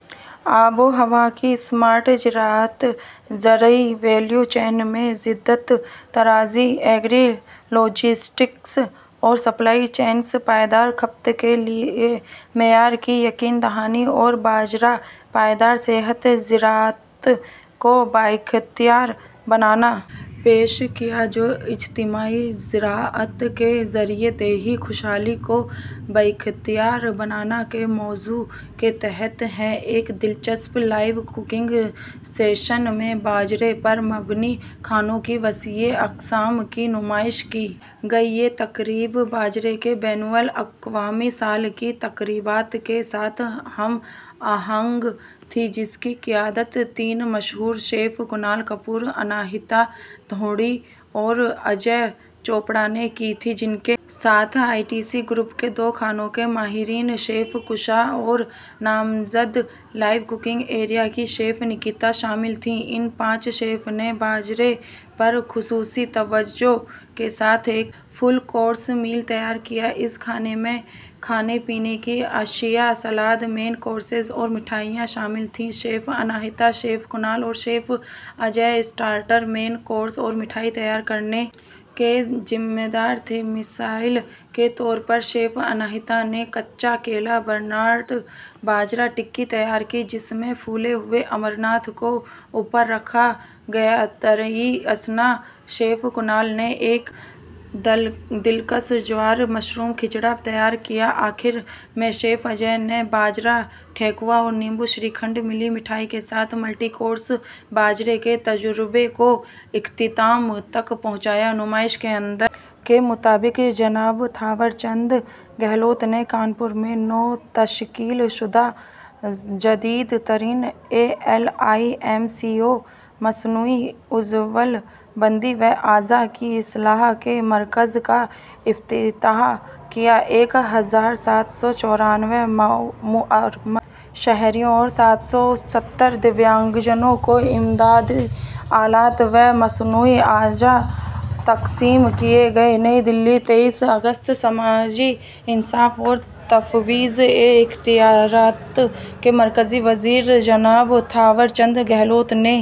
آب و ہوا کی اسمارٹ زراعت زرعی ویلیو چین میں جدت طرازی ایگری لاجسٹکس اور سپلائی چینز پائیدار کھپت کے لیے معیار کی یقین دہانی اور باجرا پائیدار صحت زراعت کو بااختیار بنانا پیش کیا جو اجتماعی زراعت کے ذریعے دیہی خوشحالی کو بااختیار بنانا کے موضوع کے تحت ہیں ایک دلچسپ لائیو ککنگ سیشن میں باجرے پر مبنی کھانوں کی وسیع اقسام کی نمائش کی گئی یہ تقریب باجرے کے بین الاقوامی سال کی تقریبات کے ساتھ ہم آہنگ تھی جس کی قیادت تین مشہور شیف کنال کپور اناہیتا ڈھونڈی اور اجے چوپڑا نے کی تھی جن کے ساتھ آئی ٹی سی گروپ کے دو کھانوں کے ماہرین شیف کوشا اور نامزد لائیو ککنگ ایریا کے شیف نیکیتا شامل تھیں ان پانچ شیف نے باجرے پر خصوصی توجہ کے ساتھ ایک فل کورس میل تیار کیا اس کھانے میں کھانے پینے کی اشیا سلاد مین کورسز اور مٹھائیاں شامل تھیں شیف اناہیتا شیف کنال اور chef Ajay starter main course اور مٹھائی تیار کرنے کے ذمہ دار تھے مثال کے طور پر شیف اناہیتا نے کچا کیلا برنارڈ باجرا ٹکی تیار کی جس میں پھولے ہوئے امرانتھ کو اوپر رکھا گیا دریں اثنا شیف کنال نے ایک دلکش جوار مشروم کھچڑا تیار کیا آخر میں شیف اجے نے باجرا ٹھیکوا اور لیموں شری کھنڈ ملی مٹھائی کے ساتھ ملٹی کورس باجرے کے تجربے کو اختتام تک پہنچایا نمائش کے اندر کے مطابق جناب تھاور چند گہلوت نے کانپور میں نو تشکیل شدہ جدید ترین ایلمکو مصنوعی عضو بندی و اعضا کی اصلاح کے مرکز کا افتتاح کیا ایک ہزار سات سو چورانوے معمر شہریوں اور سات سو ستر دویانگ جنوں کو امدادی آلات و مصنوعی اعضا تقسیم کیے گئے نئی دہلی تئیس اگست سماجی انصاف اور تفویض اختیارات کے مرکزی وزیر جناب تھاور چند گہلوت نے